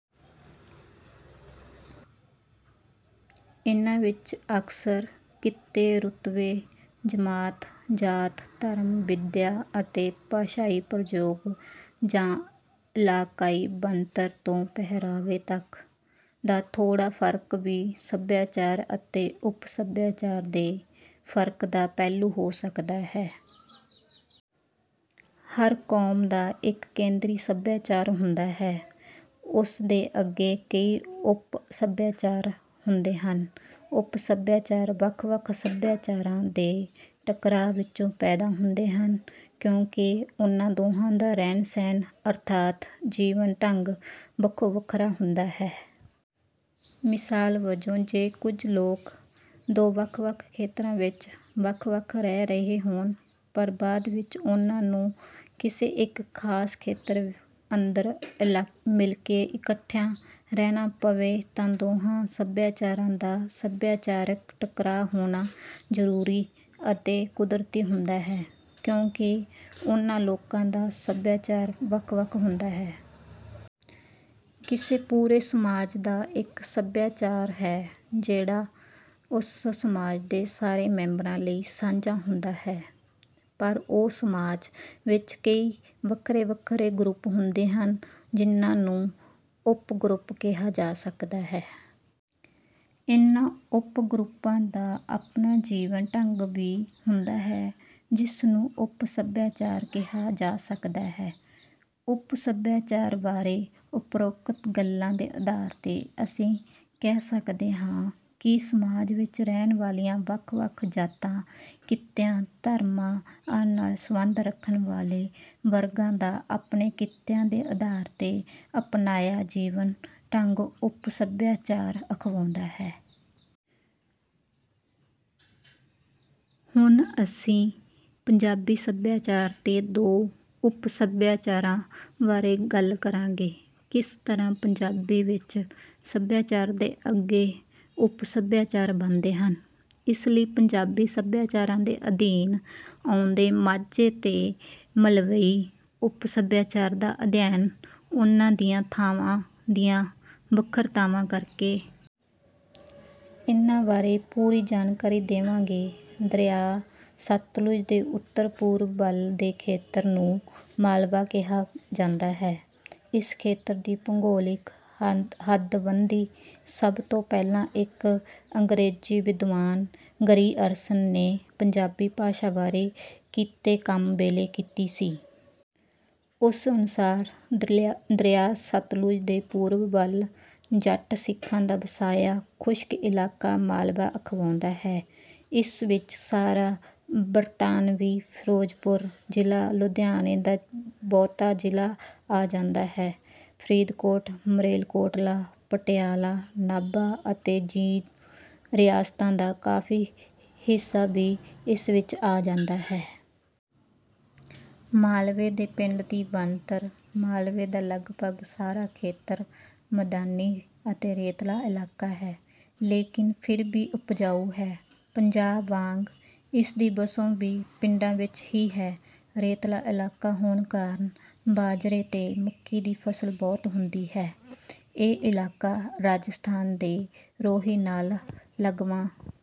ਇਨ੍ਹਾਂ ਵਿੱਚ ਅਕਸਰ ਕਿੱਤੇ, ਰੁਤਬੇ, ਜਮਾਤ, ਜਾਤ, ਧਰਮ, ਵਿਦਿਆ ਅਤੇ ਭਾਸ਼ਾਈ ਪ੍ਰਯੋਗ ਜਾਂ ਇਲਾਕਾਈ ਬਣਤਰ ਤੋਂ ਪਹਿਰਾਵੇ ਤੱਕ ਦਾ ਥੋੜ੍ਹਾ ਫਰਕ ਵੀ ਸਭਿਆਚਾਰ ਅਤੇ ਉਪ ਸਭਿਆਚਾਰ ਦੇ ਫਰਕ ਦਾ ਪਹਿਲੂ ਹੋ ਸਕਦਾ ਹੈ। ਹਰ ਕੌਮ ਦਾ ਇਕ ਕੇਂਦਰੀ ਸਭਿਆਚਾਰ ਹੁੰਦਾ ਹੈ। ਉਸ ਦੇ ਅੱਗੇ ਕਈ ਉਪ ਸਭਿਆਚਾਰ ਹੁੰਦੇ ਹਨ। ਉਪ-ਸਭਿਆਚਾਰ ਵੱਖ-ਵੱਖ ਸਭਿਆਚਾਰਾਂ ਦੇ ਟਕਰਾਅ ਵਿੱਚੋਂ ਪੈਦਾ ਹੁੰਦੇ ਹਨ। ਕਿਉਂਕਿ ਉਨ੍ਹਾਂ ਦੋਹਾਂ ਦਾ ਰਹਿਣ-ਸਹਿਣ ਅਰਥਾਤ ਜੀਵਨ-ਢੰਗ ਵੱਖੋ-ਵੱਖਰਾ ਹੁੰਦਾ ਹੈ। ਮਿਸਾਲ ਵਜੋਂ ਜੇ ਕੁੱਝ ਲੋਕ ਦੋ ਵੱਖ-ਵੱਖ ਖੇਤਰਾਂ ਵਿੱਚ ਵੱਖ-ਵੱਖ ਰਹਿ ਰਹੇ ਹੋਣ ਪਰ ਬਾਅਦ ਵਿੱਚ ਉਨ੍ਹਾਂ ਨੂੰ ਕਿਸੇ ਇਕ ਖਾਸ ਖੇਤਰ ਅੰਦਰ ਮਿਲਕੇ ਇਕੱਠਿਆਂ ਰਹਿਣਾ ਪਵੇ ਤਾਂ ਦੋਹਾਂ ਸਭਿਆਚਾਰਾਂ ਦਾ ਸਭਿਆਚਾਰਕ ਟਕਰਾਅ ਹੋਣਾ ਜ਼ਰੂਰੀ ਅਤੇ ਕੁਦਰਤੀ ਹੁੰਦਾ ਹੈ ਕਿਉਂਕਿ ਉਨ੍ਹਾਂ ਲੋਕਾਂ ਦਾ ਸਭਿਆਚਾਰ ਵੱਖ-ਵੱਖ ਹੁੰਦਾ ਹੈ। ਕਿਸੇ ਪੂਰੇ ਸਮਾਜ ਦਾ ਇਕ ਸਭਿਆਚਾਰ ਹੈ ਜਿਹੜਾ ਉਸ ਸਮਾਜ ਦੇ ਸਾਰੇ ਮੈਂਬਰਾਂ ਲਈ ਸਾਂਝਾ ਹੁੰਦਾ ਹੈ। ਪਰ ਉਹ ਸਮਾਜ ਵਿੱਚ ਕਈ ਵੱਖਰੇ-ਵੱਖਰੇ ਗਰੁੱਪ ਹੁੰਦੇ ਹਨ। ਜਿਨ੍ਹਾਂ ਨੂੰ ਉਪ-ਗਰੁੱਪ ਕਿਹਾ ਜਾ ਸਕਦਾ ਹੈ। ਇਨ੍ਹਾਂ ਉਪ-ਗਰੁੱਪਾਂ ਦਾ ਆਪਣਾ ਜੀਵਨ ਢੰਗ ਵੀ ਹੁੰਦਾ ਹੈ ਜਿਸ ਨੂੰ ਉਪ-ਸਭਿਆਚਾਰ ਕਿਹਾ ਜਾ ਸਕਦਾ ਹੈ। ਉਪ ਸਭਿਆਚਾਰ ਬਾਰੇ ਉਪਰੋਕਤ ਗੱਲਾਂ ਦੇ ਆਧਾਰ ਤੇ ਅਸੀਂ ਕਹਿ ਸਕਦੇ ਹਾਂ ਕਿ ਸਮਾਜ ਵਿੱਚ ਰਹਿਣ ਵਾਲੀਆਂ ਵੱਖ-ਵੱਖ ਜਾਤਾਂ, ਕਿੱਤਿਆਂ, ਧਰਮਾਂ ਆਦਿ ਨਾਲ ਸਬੰਧ ਰੱਖਣ ਵਾਲੇ ਵਰਗਾਂ ਦਾ ਆਪਣੇ ਕਿੱਤਿਆਂ ਦੇ ਆਧਾਰ ਤੇ ਅਪਣਾਇਆ ਜੀਵਨ-ਢੰਗ ਉਪ-ਸਭਿਆਚਾਰ ਅਖਵਾਉਂਦਾ ਹੈ। ਹੁਣ ਅਸੀਂ ਪੰਜਾਬੀ ਸਭਿਆਚਾਰ ਤੇ ਦੋ ਉਪ-ਸਭਿਆਚਾਰਾਂ ਬਾਰੇ ਗੱਲ ਕਰਾਂਗੇ। ਕਿਸ ਤਰ੍ਹਾਂ ਪੰਜਾਬੀ ਵਿੱਚ ਸੱਭਿਆਚਾਰ ਦੇ ਅੱਗੇ ਉਪ-ਸਭਿਆਚਾਰ ਬਣਦੇ ਹਨ ਇਸ ਲਈ ਪੰਜਾਬੀ ਸੱਭਿਆਚਾਰਾਂ ਦੇ ਅਧੀਨ ਆਉਂਦੇ ਮਾਝੇ ਅਤੇ ਮਾਲਵਈ ਉਪ-ਸੱਭਿਆਚਾਰ ਦਾ ਅਧਿਐਨ ਉਨ੍ਹਾਂ ਦੀਆਂ ਥਾਂਵਾਂ ਦੀਆਂ ਵੱਖਰਤਾਵਾਂ ਕਰਕੇ। ਇਨ੍ਹਾਂ ਬਾਰੇ ਪੂਰੀ ਜਾਣਕਾਰੀ ਦੇਵਾਂਗੇ। ਦਰਿਆ ਸਤਲੁਜ ਦੇ ਉੱਤਰ-ਪੂਰਬ ਵੱਲ ਦੇ ਖੇਤਰ ਨੂੰ 'ਮਾਲਵਾ' ਕਿਹਾ ਜਾਂਦਾ ਹੈ। ਇਸ ਖੇਤਰ ਦੀ ਭੂਗੋਲਿਕ ਹੱਦ-ਬੰਦੀ ਸਭ ਤੋਂ ਪਹਿਲਾਂ ਇਕ ਅੰਗਰੇਜ਼ੀ ਵਿਦਵਾਨ ਗਰੀਅਰਸਨ ਨੇ ਪੰਜਾਬੀ ਭਾਸ਼ਾ ਬਾਰੇ ਕੀਤੇ ਕੰਮ ਵੇਲੇ ਕੀਤੀ ਸੀ। ਉਸ ਅਨੁਸਾਰ, "ਦਰਿਆ ਸਤਲੁਜ ਦੇ ਪੂਰਬ ਵੱਲ ਜੱਟ ਸਿੱਖਾਂ ਦਾ ਵਸਾਇਆ ਖੁਸਕ ਇਲਾਕਾ ਮਾਲਵਾ ਅਖਵਾਉਂਦਾ ਹੈ। ਇਸ ਵਿੱਚ ਸਾਰਾ ਬਰਤਾਨਵੀ ਫਿਰੋਜਪੁਰ ਜ਼ਿਲ੍ਹਾ, ਲੁਧਿਆਣੇ ਦਾ ਬਹੁਤਾ ਜ਼ਿਲ੍ਹਾ ਆ ਜਾਂਦਾ ਹੈ। ਫ਼ਰੀਦਕੋਟ, ਮਲੇਰਕੋਟਲਾ, ਪਟਿਆਲਾ, ਨਾਭਾ ਅਤੇ ਜੀਂਦ ਰਿਆਸਤਾਂ ਦਾ ਕਾਫ਼ੀ ਹਿੱਸਾ ਵੀ ਇਸ ਵਿੱਚ ਆ ਜਾਂਦਾ ਹੈ। ਮਾਲਵੇ ਦੇ ਪਿੰਡ ਦੀ ਬਣਤਰ, ਮਾਲਵੇ ਦਾ ਲਗਭਗ ਸਾਰਾ ਖੇਤਰ ਮੈਦਾਨੀ ਅਤੇ ਰੇਤਲਾ ਇਲਾਕਾ ਹੈ ਲੇਕਿਨ ਫਿਰ ਵੀ ਉਪਜਾਊ ਹੈ। ਪੰਜਾਬ ਵਾਂਗ ਇਸਦੀ ਵਸੋਂ ਵੀ ਪਿੰਡਾਂ ਵਿੱਚ ਹੀ ਹੈ। ਰੇਤਲਾ ਇਲਾਕਾ ਹੋਣ ਕਾਰਨ ਬਾਜਰੇ ਅਤੇ ਮੱਕੀ ਦੀ ਫਸਲ ਬਹੁਤ ਹੁੰਦੀ ਹੈ। ਇਹ ਇਲਾਕਾ ਰਾਜਸਥਾਨ ਦੇ ਰੋਹੀ ਨਾਲ ਲੱਗਵਾਂ